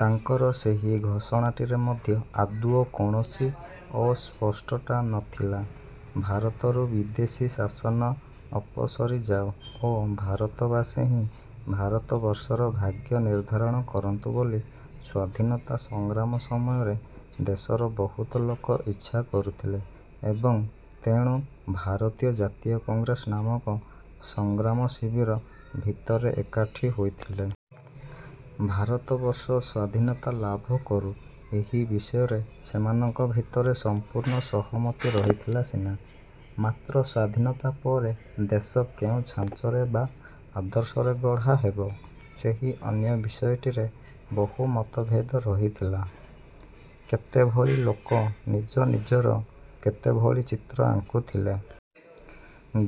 ତାଙ୍କର ସେହି ଘୋଷଣାଟିରେ ମଧ୍ୟ ଆଦୌ କୌଣସି ଅସ୍ପଷ୍ଟତା ନଥିଲା। ଭାରତରୁ ବିଦେଶୀ ଶାସନ ଅପସରି ଯାଉ। ଓ ଭାରତବାସୀ ହିଁ ଭାରତବର୍ଷର ଭାଗ୍ୟ ନିର୍ଦ୍ଧାରଣ କରନ୍ତୁ ବୋଲି ସ୍ୱାଧୀନତା ସଂଗ୍ରାମ ସମୟରେ ଦେଶର ବହୁତ ଲୋକ ଇଚ୍ଛା କରୁଥିଲେ ଏବଂ ତେଣୁ ଭାରତୀୟ ଜାତୀୟ କଂଗ୍ରେସ ନାମକ ସଂଗ୍ରାମଶିବିର ଭିତରେ ଏକାଠି ହୋଇଥିଲେ। ଭାରତବର୍ଷ ସ୍ଵାଧୀନତା ଲାଭ କରୁ, ଏହି ବିଷୟରେ ସେମାନଙ୍କ ଭିତରେ ସମ୍ପୂର୍ଣ୍ଣ ସହମତି ରହିଥିଲା ସିନା, ମାତ୍ର ସ୍ୱାଧୀନତା ପରେ ଦେଶ କେଉଁ ଛାଞ୍ଚରେ ବା ଆଦର୍ଶରେ ଗଢ଼ା ହେବ, ସେହି ଅନ୍ୟ ବିଷୟଟିରେ ବହୁ ମତଭେଦ ରହିଥିଲା। କେତେଭଳି ଲୋକ ନିଜ ନିଜର କେତେଭଳି ଚିତ୍ର ଆଙ୍କୁଥିଲେ।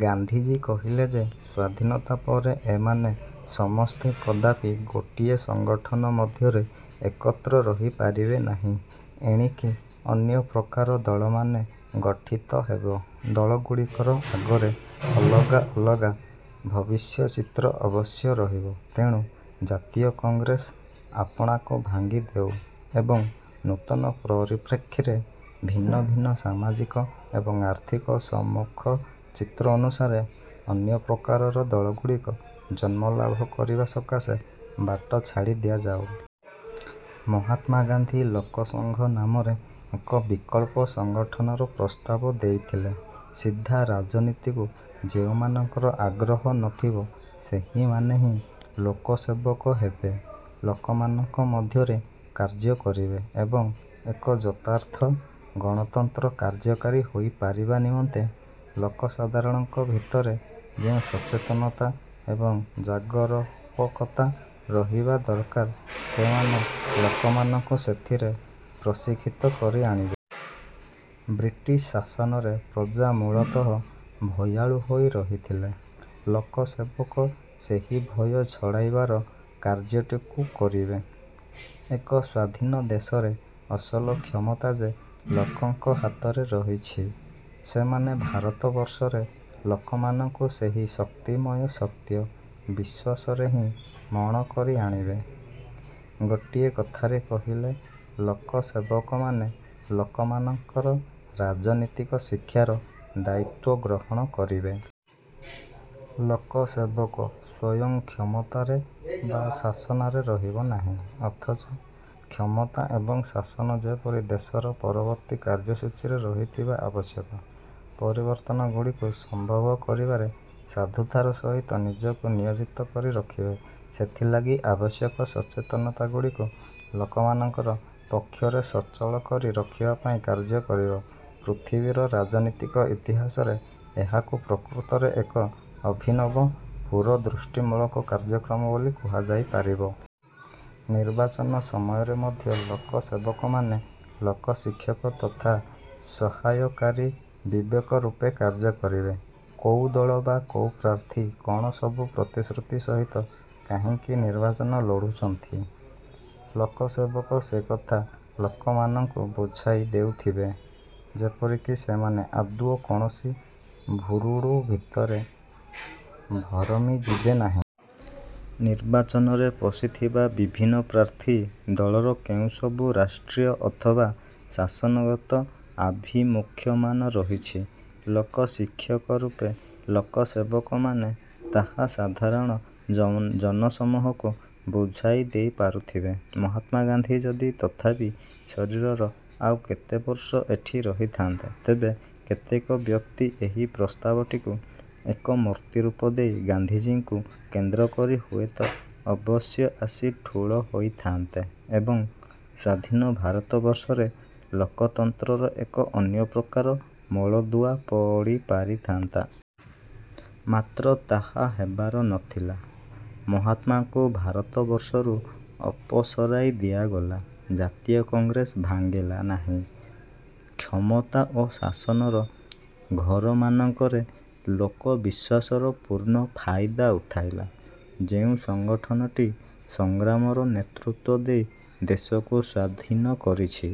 ଗାନ୍ଧିଜୀ କହିଲେ ଯେ, ସ୍ଵାଧୀନତା ପରେ ଏମାନେ ସମସ୍ତେ କଦାପି ଗୋଟିଏ ସଂଗଠନ ମଧ୍ୟରେ ଏକତ୍ର ରହିପାରିବେ ନାହିଁ। ଏଣିକି ଅନ୍ୟ ପ୍ରକାର ଦଳମାନ ଗଠିତ ହେବ। ଦଳଗୁଡ଼ିକର ଆଗରେ ଅଲଗା ଅଲଗା ଭବିଷ୍ୟଚିତ୍ର ଅବଶ୍ୟ ରହିବ। ତେଣୁ ଜାତୀୟ କଂଗ୍ରେସ ଆପଣାକୁ ଭାଙ୍ଗିଦେଉ ଏବଂ ନୂତନ ପରିପ୍ରେକ୍ଷୀରେ ଭିନ୍ନ ଭିନ୍ନ ସାମାଜିକ ଏବଂ ଆର୍ଥିକ ସମ୍ମୁଖଚିତ୍ର ଅନୁସାରେ ଅନ୍ୟପ୍ରକାରର ଦଳଗୁଡ଼ିକ ଜନ୍ମଲାଭ କରିବା ସକାଶେ ବାଟ ଛାଡ଼ି ଦିଆଯାଉ। ମହାତ୍ମା ଗାନ୍ଧୀ ଲୋକସଂଘ ନାମରେ ଏକ ବିକଳ୍ପ ସଂଗଠନର ପ୍ରସ୍ତାବ ଦେଇଥିଲେ। ସିଧା ରାଜନୀତିକୁ ଯେଉଁମାନଙ୍କର ଆଗ୍ରହ ନଥିବ, ସେହିମାନେ ହିଁ ଲୋକସେବକ ହେବେ, ଲୋକମାନଙ୍କ ମଧ୍ୟରେ କାର୍ଯ୍ୟ କରିବେ ଏବଂ ଏକ ଯଥାର୍ଥ ଗଣତନ୍ତ୍ର କାର୍ଯ୍ୟକାରୀ ହୋଇପାରିବା ନିମନ୍ତେ ଲୋକସାଧାରଣଙ୍କ ଭିତରେ ଯେଉଁ ସଚେତନତା ଏବଂ ଜାଗରୂକତା ରହିବା ଦରକାର, ସେମାନେ ଲୋକମାନଙ୍କୁ ସେଇଥିରେ ପ୍ରଶିକ୍ଷିତ କରି ଆଣିବେ। ବ୍ରିଟିଶ୍ ଶାସନରେ ପ୍ରଜା ମୂଳତଃ ଭୟାଳୁ ହୋଇ ରହିଥିଲେ, ଲୋକସେବକ ସେହି ଭୟ ଛଡ଼ାଇବାର କାର୍ଯ୍ୟଟିକୁ କରିବେ। ଏକ ସ୍ୱାଧୀନ ଦେଶରେ ଅସଲ କ୍ଷମତା ଯେ ଲୋକଙ୍କ ହାତରେ ରହିଛି, ସେମାନେ ଭାରତବର୍ଷରେ ଲୋକମାନଙ୍କୁ ସେହି ଶକ୍ତିମୟ ସତ୍ୟ-ବିଶ୍ୱାସରେ ହିଁ ମଣ କରିଆଣିବେ। ଗୋଟିଏ କଥାରେ କହିଲେ, ଲୋକସେବକମାନେ ଲୋକମାନଙ୍କର ରାଜନୀତିକ ଶିକ୍ଷାର ଦାୟିତ୍ୱ ଗ୍ରହଣ କରିବେ। ଲୋକସେବକ ସ୍ଵୟଂ କ୍ଷମତାରେ ବା ଶାସନରେ ରହିବ ନାହିଁ, ଅଥଚ କ୍ଷମତା ଏବଂ ଶାସନ ଯେପରି ଦେଶର ପରବର୍ତ୍ତୀ କାର୍ଯ୍ୟସୂଚୀରେ ରହିଥିବା ଆବଶ୍ୟକ ପରିବର୍ତ୍ତନଗୁଡ଼ିକୁ ସମ୍ଭବ କରିବାରେ ସାଧୁତାର ସହିତ ନିଜକୁ ନିୟୋଜିତ କରି ରଖିବେ, ସେଥିଲାଗି ଆବଶ୍ୟକ ସଚେତନତା ଗୁଡ଼ିକୁ ଲୋକମାନଙ୍କର ପକ୍ଷରେ ସଚଳ କରି ରଖିବା ପାଇଁ କାର୍ଯ୍ୟ କରିବ,- ପୃଥିବୀର ରାଜନୀତିକ ଇତିହାସରେ ଏହାକୁ ପ୍ରକୃତରେ ଏକ ଅଭିନବ ପୁରୋଦୃଷ୍ଟିମୂଳକ କାର୍ଯ୍ୟକ୍ରମ ବୋଲି କୁହାଯାଇ ପାରିବ। ନିର୍ବାଚନ ସମୟରେ ମଧ୍ୟ ଲୋକସେବକମାନେ ଲୋକଶିକ୍ଷକ ତଥା ସହାୟକାରୀ ବିବେକ ରୂପେ କାର୍ଯ୍ୟ କରିବେ। କୋଉ ଦଳ ବା କୋଉ ପ୍ରାର୍ଥୀ କ'ଣ ସବୁ ପ୍ରତିଶ୍ରୁତି ସହିତ କାହିଁକି ନିର୍ବାଚନ ଲଢ଼ୁଛନ୍ତି, ଲୋକସେବକ ସେକଥା ଲୋକମାନଙ୍କୁ ବୁଝାଇ ଦେଉଥିବେ, ଯେପରିକି ସେମାନେ ଆଦୌ କୌଣସି ଭୁରୁଡୁ ଭିତରେ ଭରମି ଯିବେନାହିଁ। ନିର୍ବାଚନରେ ପଶିଥିବା ବିଭିନ୍ନ ପ୍ରାର୍ଥୀ ଦଳର କେଉଁସବୁ ରାଷ୍ଟ୍ରୀୟ ଅଥବା ଶାସନଗତ ଆଭିମୁଖ୍ୟମାନ ରହିଛି, ଲୋକଶିକ୍ଷକ ରୂପେ ଲୋକସେବକମାନେ ତାହା ସାଧାରଣ ଜନସମୂହକୁ ବୁଝାଇ ଦେଇପାରୁଥିବେ। ମହାତ୍ମା ଗାନ୍ଧୀ ଯଦି ତଥାପି ସଶରୀର ଆଉ କେତେବର୍ଷ ଏଠି ରହିଥାନ୍ତେ, ତେବେ କେତେକ ବ୍ୟକ୍ତି ଏହି ପ୍ରସ୍ତାବଟିକୁ ଏକ ମୂର୍ତ୍ତି ରୂପ ଦେଇ ଗାନ୍ଧିଜୀଙ୍କୁ କେନ୍ଦ୍ର କରି ହୁଏତ ଅବଶ୍ୟ ଆସି ଠୁଳ ହୋଇଥାନ୍ତେ ଏବଂ ସ୍ୱାଧୀନ ଭାରତବର୍ଷରେ ଲୋକତନ୍ତ୍ରର ଏକ ଅନ୍ୟପ୍ରକାର ମୂଳଦୁଆ ପଡ଼ିପାରିଥାନ୍ତା। ମାତ୍ର ତାହା ହେବାର ନଥିଲା। ମହାତ୍ମାଙ୍କୁ ଭାରତବର୍ଷରୁ ଅପସରାଇ ଦିଆଗଲା। ଜାତୀୟ କଂଗ୍ରେସ ଭାଙ୍ଗିଲା ନାହିଁ। କ୍ଷମତା ଓ ଶାସନର ଘରମାନଙ୍କରେ ଲୋକବିଶ୍ୱାସର ପୂର୍ଣ୍ଣ ଫାଇଦା ଉଠାଇଲା। ଯେଉଁ ସଂଗଠନଟି ସଂଗ୍ରାମର ନେତୃତ୍ଵ ଦେଇ ଦେଶକୁ ସ୍ୱାଧୀନ କରିଛି,